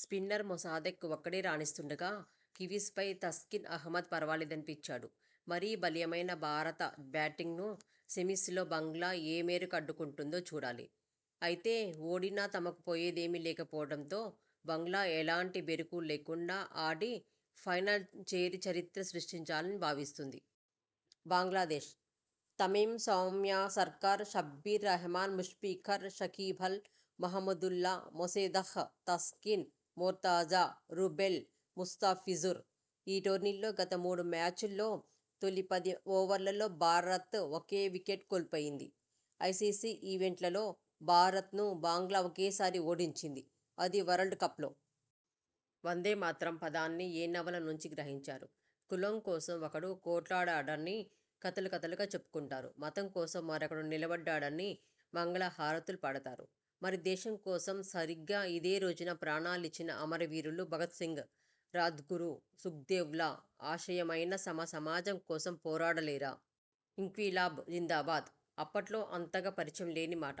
Spinner Mosaddek ఒక్కడే రాణిస్తుండగా కివీ్సపై తస్కిన్ అహ్మద్ ఫర్వలేదనిపించాడు. మరి బలీయమైన భారత బ్యాటింగ్ను సెమీ్సలో బంగ్లా ఏ మేరకు అడ్డుకుంటుందో చూడాలి. అయితే, ఓడినా తమకు పోయేదేమీ లేకపోవడంతో బంగ్లా ఎలాంటి బెరుకూ లేకుండా ఆడి ఫైనల్ చేరి చరిత్ర సృష్టించాలని భావిస్తోంది. బంగ్లాదేశ్: తమీమ్, సౌమ్య సర్కార్, షబ్బీర్ రహ్మాన్, ముష్ఫికర్, షకీబల్, మహ్మదుల్లా, మొసాదెక్, తస్కిన్, మోర్తజా, రూబెల్, ముస్తాఫిజుర్. ఈ టోర్నీలో గత మూడు మ్యాచ్ల్లో తొలి పది ఓవర్లలో భారత్ ఒకే వికెట్ కోల్పోయింది. ఐసీసీ ఈవెంట్లలో భారత్ను బంగ్లా ఒకేసారి ఓడించింది. అది వరల్డ్ కప్లో. 'వందేమాతరం' పదాన్ని ఏ నవల నుంచి గ్రహించారు? కులం కోసం ఒకడు కొట్లాడాడని కథలు కథలుగా చెప్పుకుంటారు. మతం కోసం మరొకడు నిలబడ్డాడని మంగళహారతులు పడతారు. మరి దేశం కోసం సరిగ్గా ఇదే రోజున ప్రాణాలిచ్చిన అమర వీరులు భగత్సింగ్, రాజ్గురు, సుఖ్దేవ్ల ఆశయమైన సమసమాజం కోసం పోరాడలేరా? ఇంక్విలాబ్ జిందాబాద్. అప్పట్లో అంతగా పరిచయం లేని మాట.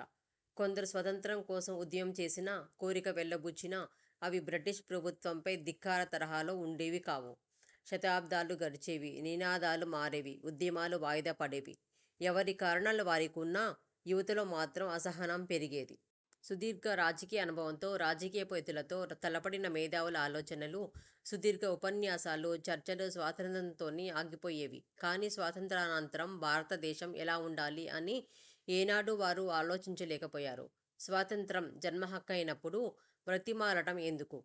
కొందరు స్వతంత్రం కోసం ఉద్యమం చేసినా, కోరిక వెలిబుచ్చినా, అవి బ్రిటిష్ ప్రభుత్వంపై ధిక్కార తరహాలో ఉండేవి కావు. దశాబ్దాలు గడిచేవి. నినాదాలు మారేవి. ఉద్యమాలు వాయిదా పడేవి. ఎవరి కారణాలు వారికున్నా, యువతలో మాత్రం అసహనం పెరిగేది. సుదీర్ఘ రాజకీయ అనుభవంతో రాజకీయపు ఎత్తులతో తలపండిన మేధావుల ఆలోచనలు, సుదీర్ఘ ఉపన్యాసాలు, చర్చలు, స్వాతంత్ర్యంతోనే ఆగిపోయేవి కాని స్వాతంత్ర్యానంతరం భారతదేశం ఎలా ఉండాలి అని ఏనాడూ వారు ఆలోచించలేకపోయారు. స్వతంత్రం జన్మహక్కైనప్పుడు బ్రతిమాలడం ఎందుకు?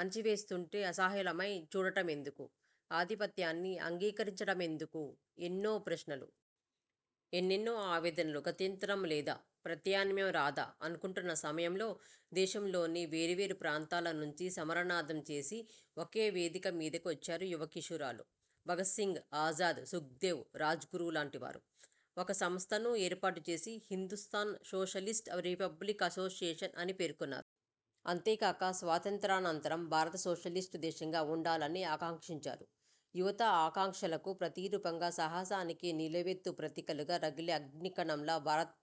అణచివేస్తుంటే అసహాయులమై చూడడమెందుకు? ఆధిపత్యాన్ని అంగీకరించడమెందుకు? ఎన్నో ప్రశ్నలు. ఎన్నెన్నో ఆవేదనలు. గత్యంతరం లేదా? ప్రత్యామ్నాయం రాదా? అనుకుంటున్న సమయంలో దేశంలోని వేర్వేరు ప్రాంతాల నుంచి సమరనాదం చేసి ఒకే వేదిక మీదకు వచ్చారు యువకిశోరాలు భగత్సింగ్, ఆజాద్, సుఖ్దేవ్, రాజ్గురు లాంటి వారు. ఒక సంస్థను ఏర్పాటు చేసి హిందుస్థాన్ సోషలిస్ట్ రిపబ్లిక్ అసోసియేషన్ అని పేర్కొన్నారు. అంతేగాక స్వాతంత్య్రానంతరం భారత్ సోషలిస్ట్ దేశంగా ఉండాలని ఆకాంక్షించారు. యువత ఆకాంక్షలకు ప్రతిరూపంగా సాహసానికి నిలువెత్తు ప్రతీకలుగా రగిలే అగ్నికణంలా భారత్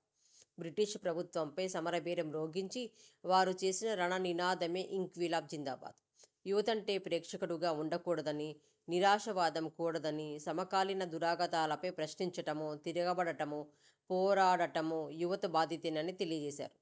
ప్రభుత్వంపై సమరభేరి మోగించి వారు చేసిన రణ నినాదమే ఇంక్విలాబ్ జిందాబాద్. యువతంటే ప్రేక్షకుడుగా ఉండకూడదని, నిరాశావాదం కూడదని, సమకాలీన దురాగతాలపై ప్రశ్నించటం, తిరగబడటం, పోరాడటం యువత బాధ్యతని తెలియజేసారు.